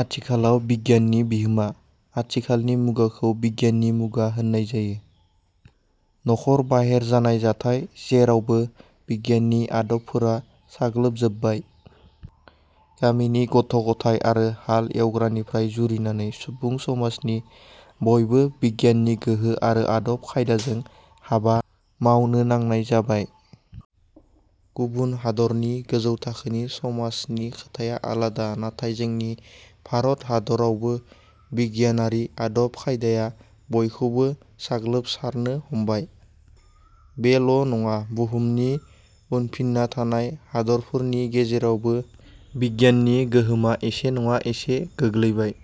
आथिखालाव बिगियाननि बिहोमा आथिखालनि मुगाखौ बिगियाननि मुगा होन्नाय जायो। न'खर, बाहेर, जानाय थानाय जेरावबो बिगियाननि आदबफोरा साग्लोबजोबबाय। गामिनि गथ' गथाय आरो हाल एवग्रानिफ्राय जुरिनानै सुबुं समाजनि बयबो बिगियाननि गोहो आरो आदब खायदाजों हाबा मावनो नांनाय जाबाय। गुबुन हादरनि गोजौ थाखोनि समाजनि खोथाया आलादा, नाथाय जोंनि भारत हादरावबो बिगियानारि आदब खायदाया बयखौबो साग्लोबसारनो हाबाय। बेल' नङा, बुहुमनि उनफिन्ना थानाय हारिफोरनि गेजेरावबो बिगियाननि गोहोमा एसे नङा एसे गोलैबाय।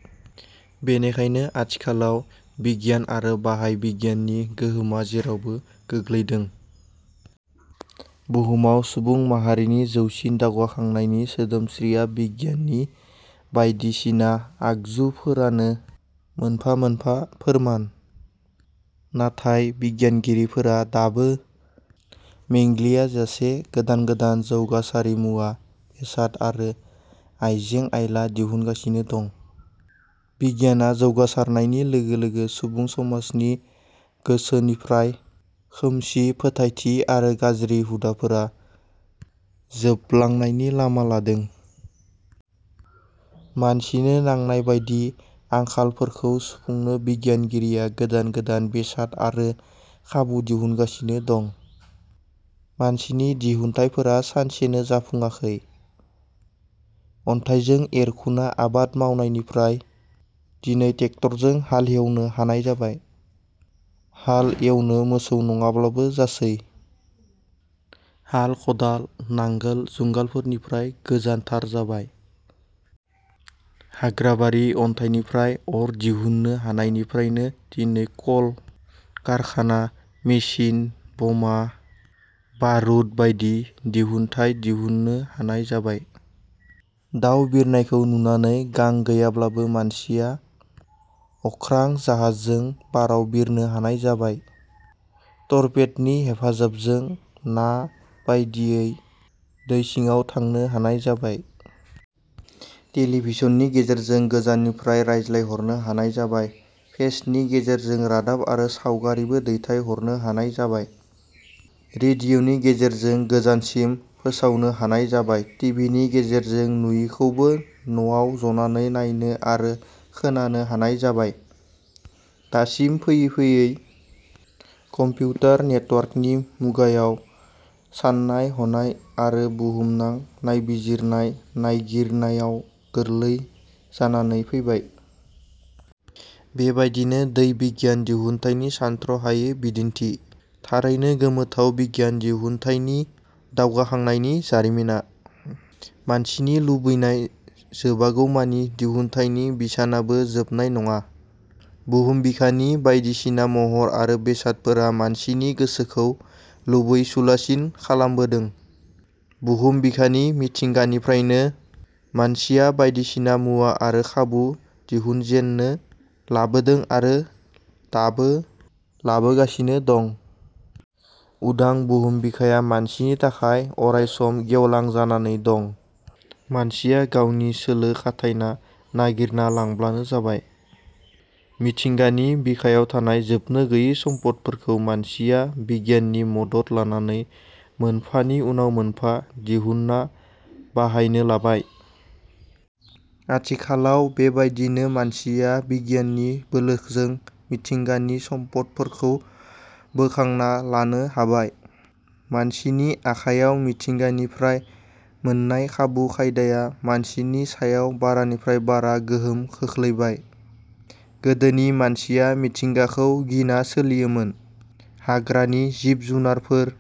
बेनिखायनो आथिखालाव बिगियान आरो बाहाय बिगियाननि गोहोमा जेरावबो गोलैदों। बुहुमाव सुबुं हारिनि जौसिन दावगाखांनायनि सोदोमसियाव बिगियाननि बायदिसिना आगजुफोरानो मोनफा मोनफा फोरमान। नाथाय बिगियानगिरिफोरा दाबो _में ग्लियाजासे गोदान गोदान जौगासारि मुवा बेसाद आरो आइजें आइला दिहुनगासिन दं। बिगियाना जौगासारनायनि लोगो लोगो सुबुं समाजनि गोसोनिफ्राय खोमसि फोथायथि आरो गाज्रि हुदाफोरा जोबनांलांनायनि लामा लादों। मानसिनो नांनाय बादि आंखालफोरखौ सुफुंनो बिगियानगिरिया गोदान गोदान बेसाद आरो खाबु दिहुनगासिनो दं। मानसिनि दिहुनथाइफोरा सानसेनो जाफुङाखै। अन्थाइजों एरखुना आबाद मावनायनिफ्राय दिनै ट्रेक्टरजों हाल एवनो हानाय जाबाय। हाल एवनो मोसौ नङाब्लाबो जासै। हाल खदाल नांगाल जुंगालफोरनिफ्राय जोन्थोर जाबाय। हाग्राबारि अन्थाइनिफ्राय अर दिहुन्नो हानायनिफ्रायनो दिनै कल कारखाना, मेसिन, बमा बारुदबादि हाथियार दिहुन्न हानाय जाबाय। दाउ बिरनायखौ नुनानै गां गैयाब्लाबो मानसिया अखां जाहाजजों बाराव बिरनो हानाय जाबाय। टरपेद'नि हेफाजाबजों ना बायदियै दै सिङाव थांनो हानाय जाबाय। टेलिफननि गेजेरजों गोजाननिफ्राय रायज्लायहरनो हानाय जाबाय, फेक्सनि गेजेरजों रादाब आरो सावगारिबो दैथाय हरनो हानाय जाबाय। रेडिअ'नि गेजेरजों गोजानसिम फोसावनो हानाय जाबाय, टिभिनि गेजेरजों नुयिखौबो न'आव जनानै नायनो आरो खोनानो हानाय जाबाय। दासिम फैयै फैयै कम्पिउटार नेटवर्कनि मुगायाव सान्नाय हनाय आरो बुहुमनां नायबिजिरनाय नायगिरनायाव गोरलै जानानै फैबाय। बेबादिनो दै बिगियान दिहुनथाइनि सान्थ्र 'हायि बिदिन्थि। थारैनो गोमोथाव बिगियान दिहुनथाइनि दावगाखांनायनि जारिमिना। मानसिनि लुबैनाय जोबागौमानि दिहुनथाइनि बिसानाबो जोबनाय नङा। बुहुम बिखानि बायदिसिना महर आरो बेसादफोरा मानसिनि गोसोखौ लुबैसुलासिन खालामबोदों। बुहुम बिखानि मिथिंगानिफ्रायनो मानसिया बायदिसिना मुवा आरो खाबु दिहुनजेन्नो लादोंमोन आरो दाबो लागासिनो दं। उदां बुहुम बिखाया मानसिनि थाखाय अराय सम गेवलां जानानै दं। मानसिया गावनि सोलो खाथायना नायगिरना लांब्लानो जाबाय। मिथिंगानि बिखायाव थानाय जोबनो गोयै सम्पदफोरखौ मानसिया बिगियाननि मदद लानानै मोनफानि उनाव मोनफा दिहुन्ना बाहायनो लाबाय। आथिखालाव बेबादिनो मानसिया बिगियाननि बोलोजों मिथिंगानि सम्पदफोरखौ बोखांना लानो हाबाय। मानसिनि आखाइयाव मिथिंगानिफ्राय मोन्नाय खाबु खायदाया मानसिनि सायाव बारानिफ्राय बारा गोहोम खोख्लैबाय। गोदोनि मानसिया मिथिंगाखौ गिना सोलियोमोन। हाग्रानि जिउ जुनारफोर,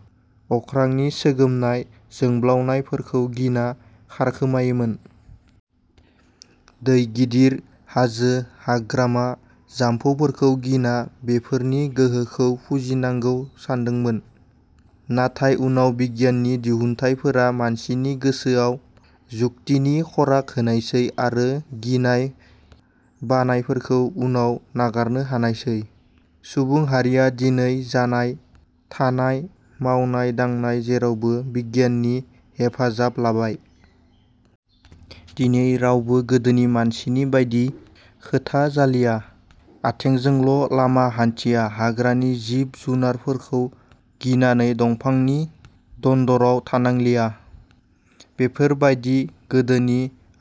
अखांनि सोगोमनाय जोंब्लाउनायफोरखौ गिना खारखोमायोमोन। दै गिदिर, हाजो, हाग्रामा जाम्फैफोरखौ गिना बेफोरनि गोहोखौ फुजिनांगौ सान्दोंमोन। नाथाय उनाव बिगियाननि दिहुनथाइफोरा मानसिनि गोसोआव जुक्तिनि खराग होनायसै आरो गिनाय बानायफोरखौ उनाव नारगारनो हानायसै। सुबुं हारिया दिनै जानाय थानाय, मावनाय दांनाय जेरावबो बिगियाननि हेफाजाब लाबाय। दिनै रावबो गोदोनि मानसिनि बादि गोथा जालिया, आथिंजोंल' लामा हान्थिलिया, हाग्रानि जिउ जुनारफोरखौ गिनानै दंफांनि दन्दराव थानांलिया। बेफोर बादि गोदोनि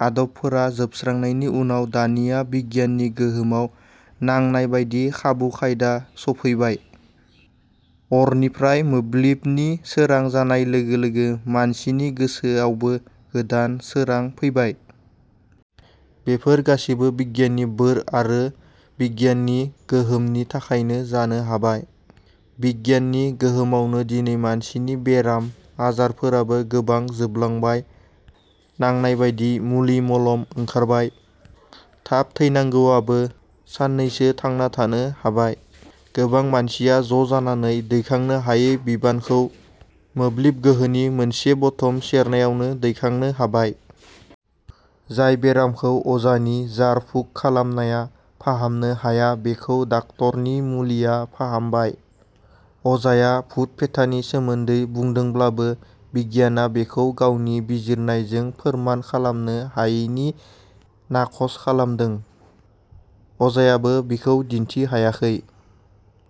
आदबफोरा जोबस्रांनायनि उनाव दानिया बिगियाननि गोहोमाव नांनाय बादि खाबु खायदा स'फैबाय। अरनिफ्राय मोब्लिबनि सोरां जानायनि लोगो लोगो मानसिनि गोसोआवबो गोदान सोरां फैबाय। बेफोर गासिबो बिगियाननि बोर आरो बिगियाननि गोहोमनि थाखायनो जानो हाबाय। बिगियाननि गोहोमावनो दिनै मानसिनि बेराम खारामाबो गोबां जोबलांबाय नांनाय बादि मुलि मालाम ओंखारबाय, थाब थैनांगौआबो सान्नैसो थांना थानो हाबाय। गोबां मानसिया ज' जानानै दैखांनो हायै बिबानखौ मोब्लिब गोहोनि मोनसे बथाम सेरनायावनो दैखांनो हाबाय। जाय बेरामखौ अजानि जार फुक खालामनाया फाहामनो हाया बेखौबो डाक्टरनि मुलिया फाहामबाय। अजाहा भुत फेथानि सोमोन्दै बुंदोंब्लाबो बिगियाना बेखौ गावनि बिजिरनायजों फोरमान खालामनो हायिनि नाखस खालामदों। अजायाबो बिखौ दिन्थि हायाखै।